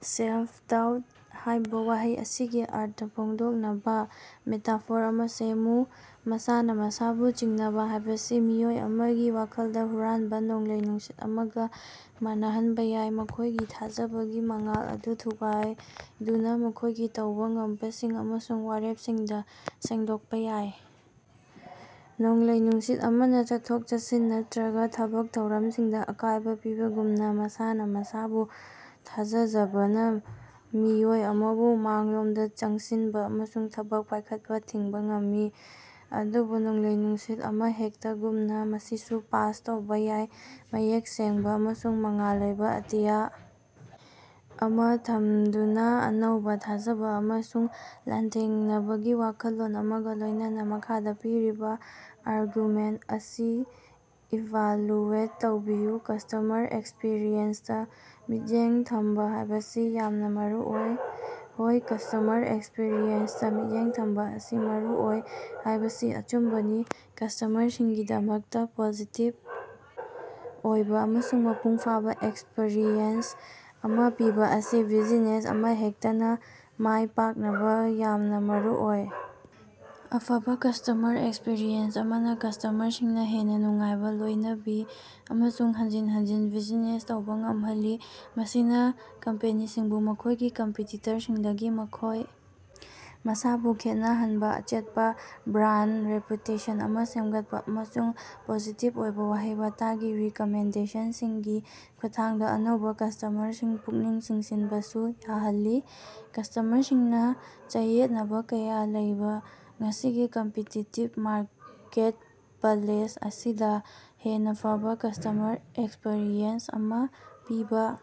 "Self-doubt" ꯍꯥꯏꯕ ꯋꯥꯍꯩ ꯑꯁꯤꯒꯤ ꯑꯔꯊ ꯐꯣꯡꯗꯣꯛꯅꯕꯥ ꯃꯦꯇꯥꯐꯣꯔ ꯑꯃ ꯁꯦꯝꯃꯨ꯫ ꯃꯁꯥꯅ ꯃꯁꯥꯕꯨ ꯆꯤꯡꯅꯕ ꯍꯥꯏꯕꯁꯤ ꯃꯤꯑꯣꯏ ꯑꯃꯒꯤ ꯋꯥꯈꯜꯗ ꯍꯨꯔꯥꯟꯕ ꯅꯣꯡꯂꯩ-ꯅꯨꯡꯁꯤꯠ ꯑꯃꯒ ꯃꯥꯟꯅꯍꯟꯕ ꯌꯥꯏ, ꯃꯈꯣꯏꯒꯤ ꯊꯥꯖꯕꯒꯤ ꯃꯉꯥꯜ ꯑꯗꯨ ꯊꯨꯒꯥꯏꯗꯨꯅ ꯃꯈꯣꯏꯒꯤ ꯇꯧꯕ ꯉꯝꯕꯁꯤꯡ ꯑꯃꯁꯨꯡ ꯋꯥꯔꯦꯞꯁꯤꯡꯗ ꯁꯦꯡꯗꯣꯛꯄ ꯌꯥꯏ꯫ ꯅꯣꯡꯂꯩ-ꯅꯨꯡꯁꯤꯠ ꯑꯃꯅ ꯆꯠꯊꯣꯛ-ꯆꯠꯁꯤꯟ ꯅꯠꯇꯔꯒ ꯊꯕꯛ ꯊꯧꯔꯝꯁꯤꯡꯗ ꯑꯀꯥꯏꯕ ꯄꯤꯕꯒꯨꯝꯅ, ꯃꯁꯥꯅ ꯃꯁꯥꯕꯨ ꯊꯥꯖꯖꯕꯅ ꯃꯤꯑꯣꯏ ꯑꯃꯕꯨ ꯃꯥꯡꯂꯣꯝꯗ ꯆꯪꯁꯤꯟꯕ ꯑꯃꯁꯨꯡ ꯊꯕꯛ ꯄꯥꯏꯈꯠꯄ ꯊꯤꯡꯕ ꯉꯝꯃꯤ꯫ ꯑꯗꯨꯕꯨ ꯅꯣꯡꯂꯩ-ꯅꯨꯡꯁꯤꯠ ꯑꯃꯍꯦꯛꯇꯒꯨꯝꯅ, ꯃꯁꯤꯁꯨ ꯄꯥꯁ ꯇꯧꯕ ꯌꯥꯏ, ꯃꯌꯦꯛ ꯁꯦꯡꯕꯥ ꯑꯃꯁꯨꯡ ꯃꯉꯥꯜ ꯂꯩꯕ ꯑꯇꯤꯌꯥ ꯑꯃꯥ ꯊꯝꯗꯨꯅꯥ, ꯑꯅꯧꯕ ꯊꯥꯖꯕ ꯑꯃꯁꯨꯡ ꯂꯥꯟꯊꯦꯡꯅꯕꯒꯤ ꯋꯥꯈꯜꯂꯣꯟ ꯑꯃꯒ ꯂꯣꯏꯅꯅꯥ꯫ ꯃꯈꯥꯗ ꯄꯤꯔꯤꯕ ꯑꯥꯔꯒꯨꯃꯦꯟꯇ ꯑꯁꯤ ꯏꯚꯥꯜꯂꯨꯑꯦꯠ ꯇꯧꯕꯤꯌꯨ ꯀꯁ꯭ꯇꯃꯔ ꯑꯦꯛꯁꯄꯤꯔꯤꯑꯦꯟꯁꯇꯥ ꯃꯤꯠꯌꯦꯡ ꯊꯝꯕꯥ ꯍꯥꯏꯕꯁꯤ ꯌꯥꯝꯅ ꯃꯔꯨꯑꯣꯏ꯫ ꯍꯣꯏ, ꯀꯁ꯭ꯇꯃꯔ ꯑꯦꯛꯁꯄꯔꯤꯌꯦꯟꯁꯇꯥ ꯃꯤꯠꯌꯦꯡ ꯊꯝꯕꯥ ꯑꯁꯤ ꯃꯔꯨꯑꯣꯏ ꯍꯥꯏꯕꯁꯤ ꯑꯆꯨꯝꯕꯅꯤ꯫ ꯀꯁ꯭ꯇꯃꯔꯁꯤꯡꯒꯤꯗꯃꯛꯇꯥ ꯄꯣꯖꯤꯇꯤꯕ ꯑꯣꯏꯕ ꯑꯃꯁꯨꯡ ꯃꯄꯨꯡ ꯐꯥꯕ ꯑꯦꯛꯁꯄꯔꯤꯌꯦꯟꯁ ꯑꯃ ꯄꯤꯕ ꯑꯁꯤ ꯕꯤꯖꯤꯅꯦꯁ ꯑꯃꯍꯦꯛꯇꯅꯥ ꯃꯥꯏ ꯄꯥꯛꯅꯕ ꯌꯥꯝꯅ ꯃꯔꯨꯑꯣꯏ꯫ ꯑꯐꯕꯥ ꯀꯁ꯭ꯇꯃꯔ ꯑꯦꯛꯁꯄꯤꯔꯤꯑꯦꯟꯁ ꯑꯃꯅ ꯀꯁ꯭ꯇꯃꯔꯁꯤꯡꯅ ꯍꯦꯟꯅꯥ ꯅꯨꯡꯉꯥꯏꯕ, ꯂꯣꯏꯅꯕꯤ ꯑꯃꯁꯨꯡ ꯍꯟꯖꯤꯟ ꯍꯟꯖꯤꯟ ꯕꯤꯖꯤꯅꯦꯁ ꯇꯧꯕꯥ ꯉꯝꯍꯜꯂꯤ꯫ ꯃꯁꯤꯅ ꯀꯝꯄꯦꯅꯤꯁꯤꯡꯕꯨ ꯃꯈꯣꯏꯒꯤ ꯀꯝꯄꯤꯇꯤꯇꯔꯁꯤꯡꯗꯒꯤ ꯃꯈꯣꯏ ꯃꯁꯥꯕꯨ ꯈꯦꯠꯅ ꯍꯟꯕꯥ, ꯑꯆꯦꯠꯄꯥ ꯕ꯭ꯔꯥꯟꯗ ꯔꯦꯄꯨꯇꯦꯁꯟ ꯑꯃ ꯁꯦꯝꯒꯠꯄꯥ, ꯑꯃꯁꯨꯡ ꯄꯣꯖꯤꯇꯤꯕ ꯑꯣꯏꯕ ꯋꯥꯍꯩ-ꯋꯥꯇꯒꯤ ꯔꯤꯀꯃꯦꯟꯗꯦꯁꯟꯁꯤꯡꯒꯤ ꯈꯨꯠꯊꯥꯡꯗ ꯑꯅꯧꯕ ꯀꯁ꯭ꯇꯃꯔꯁꯤꯡ ꯄꯨꯛꯅꯤꯡ ꯆꯤꯡꯁꯤꯟꯕꯁꯨ ꯌꯥꯍꯜꯂꯤ꯫ ꯀꯁ꯭ꯇꯃꯔꯁꯤꯡꯅꯥ ꯆꯌꯦꯠꯅꯕꯥ ꯀꯌꯥ ꯂꯩꯕ ꯉꯁꯤꯒꯤ ꯀꯝꯄꯤꯇꯤꯇꯤꯕ ꯃꯥꯔꯀꯦꯠꯄꯂꯦꯁ ꯑꯁꯤꯗ, ꯍꯦꯟꯅꯥ ꯐꯕꯥ ꯀꯁ꯭ꯇꯃꯔ ꯑꯦꯛꯁꯄꯔꯤꯌꯦꯟꯁ ꯑꯃ ꯄꯤꯕ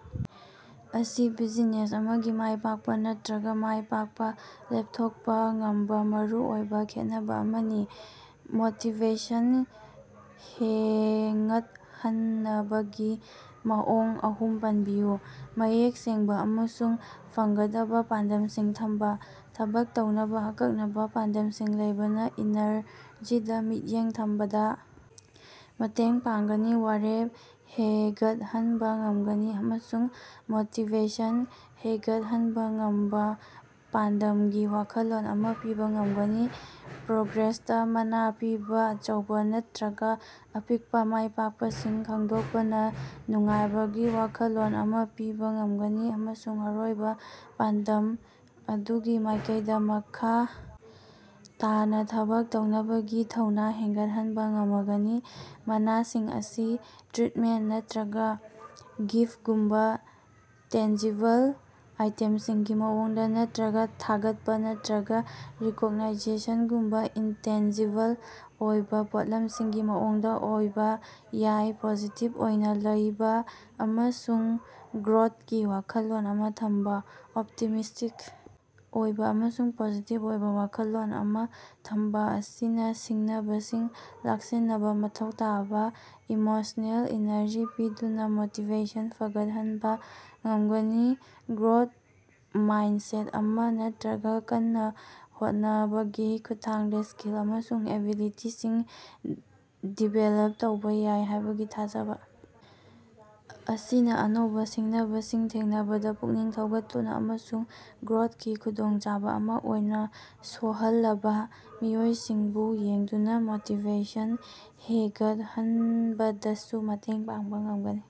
ꯑꯁꯤ ꯕꯤꯖꯤꯅꯦꯁ ꯑꯃꯒꯤ ꯃꯥꯏ ꯄꯥꯛꯄꯥ ꯅꯠꯇꯔꯒ ꯃꯥꯏ ꯄꯥꯛꯄ ꯂꯦꯞꯊꯣꯛꯄꯥ ꯉꯝꯕꯥ ꯃꯔꯨ ꯑꯣꯏꯕ ꯈꯦꯠꯅꯕꯥ ꯑꯃꯅꯤ꯫ ꯃꯣꯇꯤꯕꯦꯁꯟ ꯍꯦꯉꯠꯍꯟꯅꯕꯒꯤ ꯃꯑꯣꯡ ꯑꯍꯨꯝ ꯄꯟꯕꯤꯌꯨ꯫ ꯃꯌꯦꯛ ꯁꯦꯡꯕꯥ ꯑꯃꯁꯨꯡ ꯐꯪꯒꯗꯕꯥ ꯄꯥꯟꯗꯝꯁꯤꯡ ꯊꯝꯕꯥ: ꯊꯕꯛ ꯇꯧꯅꯕꯥ ꯑꯀꯛꯅꯕꯥ ꯄꯥꯟꯗꯝꯁꯤꯡ ꯂꯩꯕꯅ ꯏꯅꯔꯖꯤꯗꯥ ꯃꯤꯠꯌꯦꯡ ꯊꯝꯕꯗꯥ ꯃꯇꯦꯡ ꯄꯥꯡꯒꯅꯤ, ꯋꯥꯔꯦꯞ ꯍꯦꯒꯠꯍꯟꯕꯥ ꯉꯝꯒꯅꯤ ꯑꯃꯁꯨꯡ ꯃꯣꯇꯤꯕꯦꯁꯟ ꯍꯦꯒꯠꯍꯟꯕꯥ ꯉꯝꯕꯥ ꯄꯥꯟꯗꯝꯒꯤ ꯋꯥꯈꯜꯂꯣꯟ ꯑꯃ ꯄꯤꯕ ꯉꯝꯒꯅꯤ꯫ ꯄ꯭ꯔꯣꯒ꯭ꯔꯦꯁꯇꯥ ꯃꯅꯥ ꯄꯤꯕꯥ: ꯑꯆꯧꯕ ꯅꯠꯇꯔꯒ ꯑꯄꯤꯛꯄꯥ ꯃꯥꯏꯄꯥꯛꯄꯁꯤꯡ ꯈꯪꯗꯣꯛꯄꯅꯥ ꯅꯨꯡꯉꯥꯏꯕꯒꯤ ꯋꯥꯈꯜꯂꯣꯟ ꯑꯃ ꯄꯤꯕ ꯉꯝꯒꯅꯤ ꯑꯃꯁꯨꯡ ꯑꯔꯣꯏꯕ ꯄꯥꯟꯗꯝ ꯑꯗꯨꯒꯤ ꯃꯥꯏꯀꯩꯗ ꯃꯈꯥ ꯇꯥꯅ ꯊꯕꯛ ꯇꯧꯅꯕꯒꯤ ꯊꯧꯅꯥ ꯍꯦꯟꯒꯠꯍꯟꯕꯥ ꯉꯃꯒꯅꯤ꯫ ꯃꯅꯥꯁꯤꯡ ꯑꯁꯤ ꯇ꯭ꯔꯤꯠꯃꯦꯟꯇ ꯅꯠꯇꯔꯒꯥ ꯒꯤꯐꯒꯨꯝꯕꯥ ꯇꯦꯟꯖꯤꯕꯜ ꯑꯥꯏꯇꯦꯝꯁꯤꯡꯒꯤ ꯃꯑꯣꯡꯗꯥ ꯅꯠꯇꯔꯒꯥ ꯊꯥꯒꯠꯄ ꯅꯠꯇꯔꯒ ꯔꯤꯀꯣꯛꯅꯥꯏꯖꯦꯁꯟꯒꯨꯝꯕꯥ ꯏꯟꯇꯦꯟꯖꯤꯕꯜ ꯑꯣꯏꯕ ꯄꯣꯠꯂꯝꯁꯤꯡꯒꯤ ꯃꯑꯣꯡꯗ ꯑꯣꯏꯕ ꯌꯥꯏ꯫ ꯄꯣꯖꯤꯇꯤꯕ ꯑꯣꯏꯅꯥ ꯂꯩꯕ ꯑꯃꯁꯨꯡ ꯒ꯭ꯔꯣꯠꯀꯤ ꯋꯥꯈꯜꯂꯣꯟ ꯑꯃ ꯊꯝꯕꯥ: ꯑꯣꯞꯇꯤꯃꯤꯁ꯭ꯇꯤꯛ ꯑꯣꯏꯕ ꯑꯃꯁꯨꯡ ꯄꯣꯖꯤꯇꯤꯕ ꯑꯣꯏꯕ ꯋꯥꯈꯜꯂꯣꯟ ꯑꯃ ꯊꯝꯕꯥ ꯑꯁꯤꯅ ꯁꯤꯡꯅꯕꯁꯤꯡ ꯂꯥꯛꯁꯤꯟꯅꯕꯥ ꯃꯊꯧ ꯇꯥꯕ ꯏꯃꯣꯁꯅꯦꯜ ꯏꯅꯔꯖꯤ ꯄꯤꯗꯨꯅ ꯃꯣꯇꯤꯕꯦꯁꯟ ꯐꯒꯠꯍꯟꯕꯥ ꯉꯝꯒꯅꯤ꯫ ꯒ꯭ꯔꯣꯊ ꯃꯥꯏꯟꯁꯦꯠ ꯑꯃ, ꯅꯠꯇꯔꯒ ꯀꯟꯅꯥ ꯍꯣꯠꯅꯕꯒꯤ ꯈꯨꯠꯊꯥꯡꯗ ꯁ꯭ꯀꯤꯜ ꯑꯃꯁꯨꯡ ꯑꯦꯕꯤꯂꯤꯇꯤꯁꯤꯡ ꯗꯤꯕꯦꯂꯞ ꯇꯧꯕ ꯌꯥꯏ ꯍꯥꯏꯕꯒꯤ ꯊꯥꯖꯕ ꯑꯁꯤꯅ ꯑꯅꯧꯕ ꯁꯤꯡꯅꯕꯁꯤꯡ ꯊꯦꯡꯅꯕꯗꯥ ꯄꯨꯛꯅꯤꯡ ꯊꯧꯒꯠꯇꯨꯅ ꯑꯃꯁꯨꯡ ꯒ꯭ꯔꯣꯊꯀꯤ ꯈꯨꯗꯣꯡꯆꯥꯕ ꯑꯃ ꯑꯣꯏꯅ ꯁꯣꯍꯜꯂꯕꯥ ꯃꯤꯑꯣꯏꯁꯤꯡꯕꯨ ꯌꯦꯡꯗꯨꯅꯥ ꯃꯣꯇꯤꯕꯦꯁꯟ ꯍꯦꯒꯠꯍꯟꯕꯗꯁꯨ ꯃꯇꯦꯡ ꯄꯥꯡꯕ ꯉꯝꯒꯅꯤ꯫